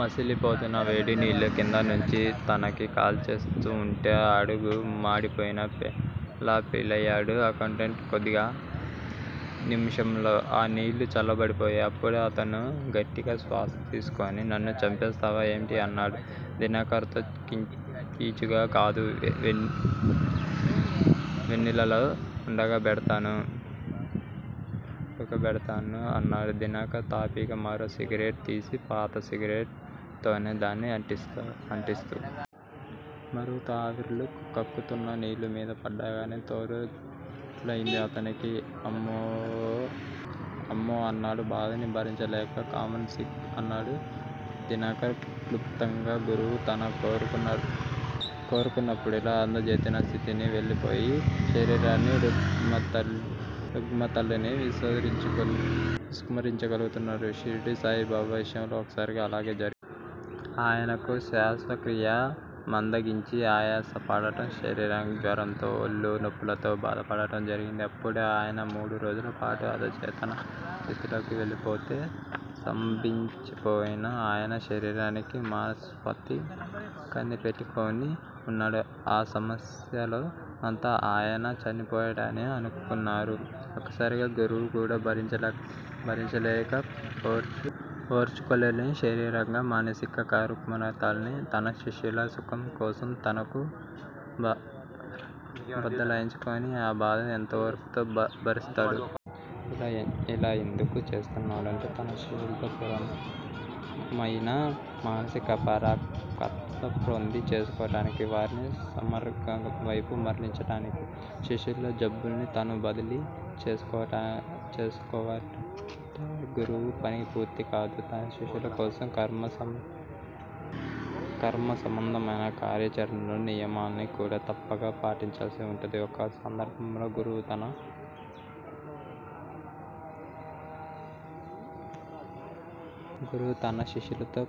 మసిలిపోతున్న వేడినీళ్ళు కిందనుంచి తనకి కాల్చేస్తూ వుంటే అడుగు మాడిపోయిన పెనంలా ఫీలయ్యాడు అకౌంటెంట్. కొద్ది నిముషాలలో ఆ నీళ్ళు చల్లబడిపోయాయి. అప్పుడు అతను గట్టిగా శ్వాస తీసుకుని నన్ను చంపేస్తావా ఏమిటి? అన్నాడు దినకర్ తో కీచుగా. కాదు! వేన్నీళ్ళలో ఉడక బెడతాను అన్నాడు దినకర్, తాపీగా మరో సిగరెట్ తీసి, పాత సిగరెట్ తోనే దాన్ని అంటిస్తూ. మరుగుతూ ఆవిర్లు కక్కుతున్న నీళ్ళు మీద పడగానే తోలు లేచినట్లయింది అతనికి. అమ్మోవ్! అన్నాడు బాధని భరించలేక. కమాన్! సింగ్! అన్నాడు దినకర్ క్లుప్తంగా. గురువు తాను కోరుకున్నప్పుడల్లా అధిచేతన స్థితికి వెళ్ళిపోయి, శారీరక రుగ్మతల్ని విస్మరించగలుగుతాడు. షిరిడీ సాయిబాబా విషయంలో, ఒకసారి అలాగే జరిగింది. ఆయనకు శ్వాసక్రియ మందగించి ఆయాసపడటం, శరీరం జ్వరంతో, ఒళ్ళునొప్పులతో బాధపడటం జరిగింది. అప్పుడే ఆయన మూడు రోజులపాటు అధిచేతన స్థితిలోకి వెళ్ళిపోతే, స్తంభించిపోయిన ఆయన శరీరాన్ని మహాశ్సాపతి కనిపెట్టుకొని వున్నాడు. ఆ సమయంలో అంతా ఆయన చనిపోయాడనే అనుకున్నారు. ఒక్కోసారి గురువు కూడా భరించలేని, ఓర్చుకోలేని శారీరక మానసిక రుగ్మతల్ని తన శిష్యుల సుఖం కోసం తనకు బదలాయించుకొని ఆ బాధను ఎంతో ఓర్పుతో భరిస్తాడు. ఇలా ఎందుకు చేస్తున్నడంటే తన శిష్యులలో పూర్ణమయిన మానసిక పరిపక్వత ప్రోది చేసుకోటానికి, వారిని సన్మార్గం వైపు మరలించటానికి. శిష్యుల్లో జబ్బుల్ని తాను బదిలీ చేసుకోవటంతోటే గురువు పని పూర్తికాదు. తన శిష్యులకోసం కర్మ సంబంధమయిన కార్యాచరణ నియమాల్ని కూడా తప్పక పాటించాల్సి వుంటుంది. ఒక్కో సందర్భంలో గురువు తన శిష్యుల్లో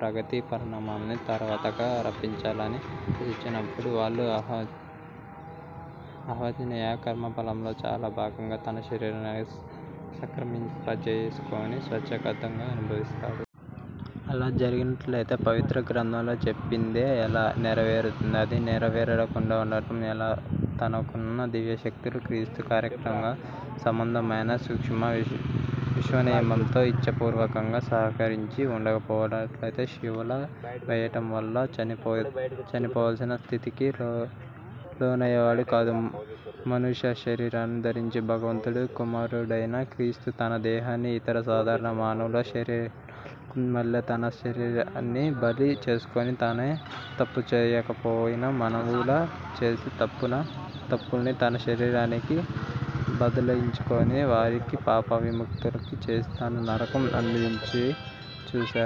ప్రగతి పరిణామాల్ని త్వరితంగా రప్పించాలని ఆశించినప్పుడు, వాళ్ళ అవాంఛనీయ కర్మఫలంలో చాలా భాగం తన శరీరానికి సంక్రమింపజేసుకొని స్వచ్చందంగా అనుభవిస్తాడు. అలా జరిగినట్లయితే పవిత్ర గ్రంథాల్లో చెప్పింది ఎలా నెరవేరుతుంది అది నెరవేరకుండా వుండటం ఎలా? తనకున్న దివ్యశక్తులకు క్రీస్తు కార్యాకరణ సంబంధమైన సూక్ష్మ విశ్వనియమంతో, ఇచ్ఛాపూర్వకంగా సహకరించి వుండకపోయినట్లయితే, శిలువ వేయటం వలన చనిపోవాల్సిన స్థితికి లోనయ్యేవాడు కాదు. మానుష శరీరం ధరించిన భగవంతుడి కుమారుడైన క్రీస్తు తన దేహాన్ని ఇతర సాధారణ మానవుల శరీరాలకు మల్లే తన శరీరాన్ని బలి చేసుకొని, తనే తప్పూ చేయకపోయినా మానవులు చేసిన తప్పుల్ని తన శరీరానికి బదలాయించుకొని, వారిని పాపవిముక్తుల్ని చేసి తాను నరకం అనుభవించి చూసాడు.